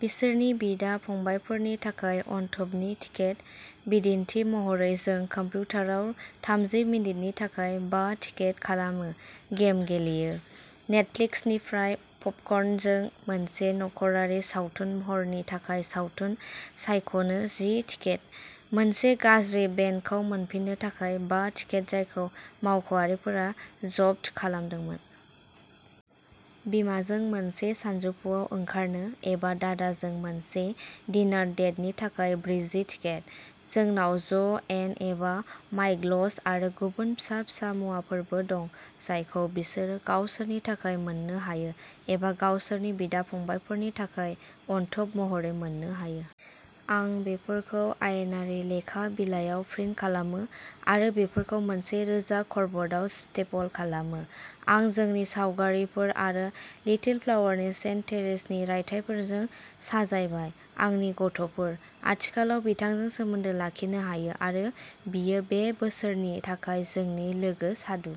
बिसोरनि बिदा-फंबायफोरनि थाखाय अनथोबनि टिकेट। बिदिन्थि महरै, जों कम्पिउटाराव थामजि मिनिटनि थाखाय बा टिकेट खालामो गेम गेलेयो। नेटफ्लिक्सनिफ्राय पपकर्नजों मोनसे नख'रारि सावथुन हरनि थाखाय सावथुन सायख'नो जि टिकेट। मोनसे गाज्रि बेन्डखौ मोनफिन्नो थाखाय बा टिकेट जायखौ मावख'आरिफोरा जब्द खालामदों। बिमाजों मोनसे सानजौफुआव ओंखारनो एबा दादाजों मोनसे डिनर डेटनि थाखाय ब्रैजि टिकेट। जोंनाव ज' एन एबा माइकल्स आरो गुबुन फिसा-फिसा मुवाफोरबो दं जायखौ बिसोरो गावसोरनि थाखाय मोननो हायो एबा गावसोरनि बिदा-फंबायफोरनि थाखाय अनथोब महरै मोननो हायो। आं बेफोरखौ आयेनारि लेखा बिलायाव प्रिन्ट खालामो आरो बेफोरखौ मोनसे रोजा कर्कब'र्डआव स्टेपल खालामो। आं जोंनि सावगारिफोर आरो लिटिल फ्लावरनि सेन्ट थेरेसनि रायथाइफोरजों साजायबाय। आंनि गथ'फोर। आथिखालाव बिथांजों सोमोन्दो लाखिनो हायो आरो बियो बे बोसोरनि थाखाय जोंनि लोगो साधु।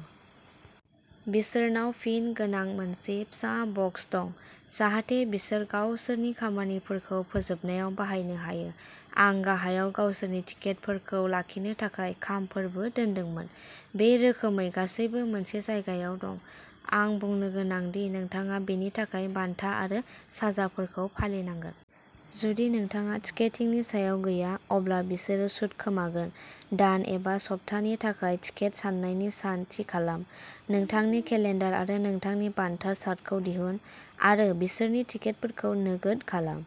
बिसोरनाव पिन गोनां मोनसे फिसा बक्स दं, जाहाथे बिसोर गावसोरनि खामानिफोरखौ फोजोबनायाव बाहायनो हायो। आं गाहायाव गावसोरनि टिकेटफोरखौ लाखिनो थाखाय खामफोरबो दोन्दोंमोन। बे रोखोमै गासैबो मोनसे जायगायाव दं। आं बुंनो गोनां दि नोंथाङा बेनि थाखाय बान्था आरो साजाफोरखौ फालिनांगोन। जुदि नोंथाङा टिकेटिंनि सायाव गैया, अब्ला बिसोरो सुद खोमागोन। दान एबा सप्तानि थाखाय टिकेट सान्नायनि सान थि खालाम। नोंथांनि केलेन्डार आरो नोंथांनि बान्था चार्टखौ दिहुन आरो बिसोरनि टिकेटफोरखौ नोगोद खालाम।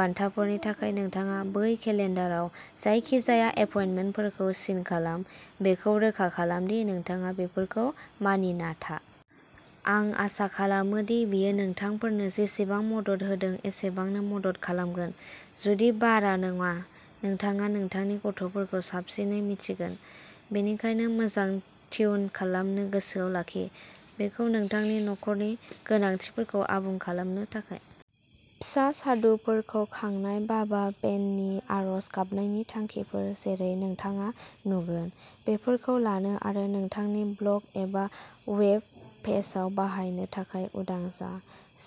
बान्थाफोरनि थाखाय नोंथाङा बै केलेन्डाराव जायखिजाया एपइन्टमेन्टफोरखौ सिन खालाम, बेखौ रोखा खालाम दि नोंथाङा बेफोरखौ मानिना था। आं आसा खालामो दि बेयो नोंथांफोरनो जेसेबां मदद होदों एसेबांनो मदद खालामगोन, जुदि बारा नङा। नोंथाङा नोंथांनि गथ'फोरखौ साबसिनै मिन्थिगोन, बेनिखायनो मोजां टिउन खालामनो गोसोआव लाखि। बेखौ नोंथांनि नखरनि गोनांथिफोरखौ आबुं खालामनो थाखाय। फिसा साधुफोरखौ खांनाय पापा बेननि आरज गाबनायनि थांखिफोर जेरै नोंथाङा नुगोन? बेफोरखौ लानो आरो नोंथांनि ब्लग एबा वेब पेजआव बाहायनो थाखाय उदां जा,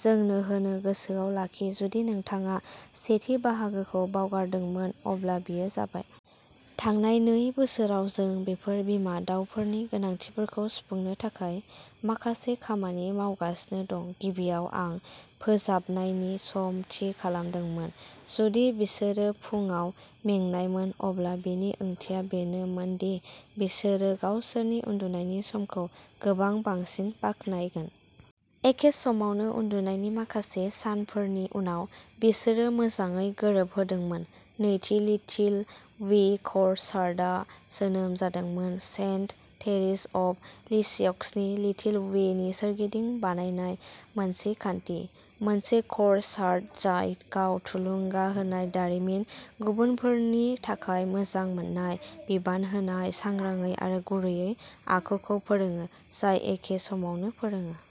जोंनो होनो गोसोआव लाखि जुदि नोंथाङा सेथि बाहागोखौ बावगारदोंमोन, अब्ला बेयो जाबाय। थांनाय नै बोसोराव जों बेफोर बिमा दावफोरनि गोनांथिफोरखौ सुफुंनो थाखाय माखासे खामानि मावगासिनो दं। गिबियाव, आं फोजाबनायनि सम थि खालामदोंमोन। जुदि बिसोरो फुंआव मेंनायमोन, अब्ला बेनि ओंथिया बेनोमोन दि बिसोरो गावसोरनि उन्दुनायनि समखौ गोबां बांसिन बाख्नायगोन। एखे समावनो उन्दुनायनि माखासे सानफोरनि उनाव, बिसोरो मोजाङै गोरोबहोदोंमोन। नैथि, लिटिल वे कर चार्टआ जोनोम जादोंमोन सेन्ट थेरेस अफ लिसिअक्सनि लिटिल वेनि सोरगिदिं बानायनाय मोनसे खान्थि। मोनसे कर चार्ट जाय गाव थुलुंगा होनाय दारिमिन, गुबुनफोरनि थाखाय मोजां मोननाय, बिबान होनाय, सांग्राङै आरो गुरै आखुखौ फोरोंङो, जाय एखे समावनो फोरोंङो।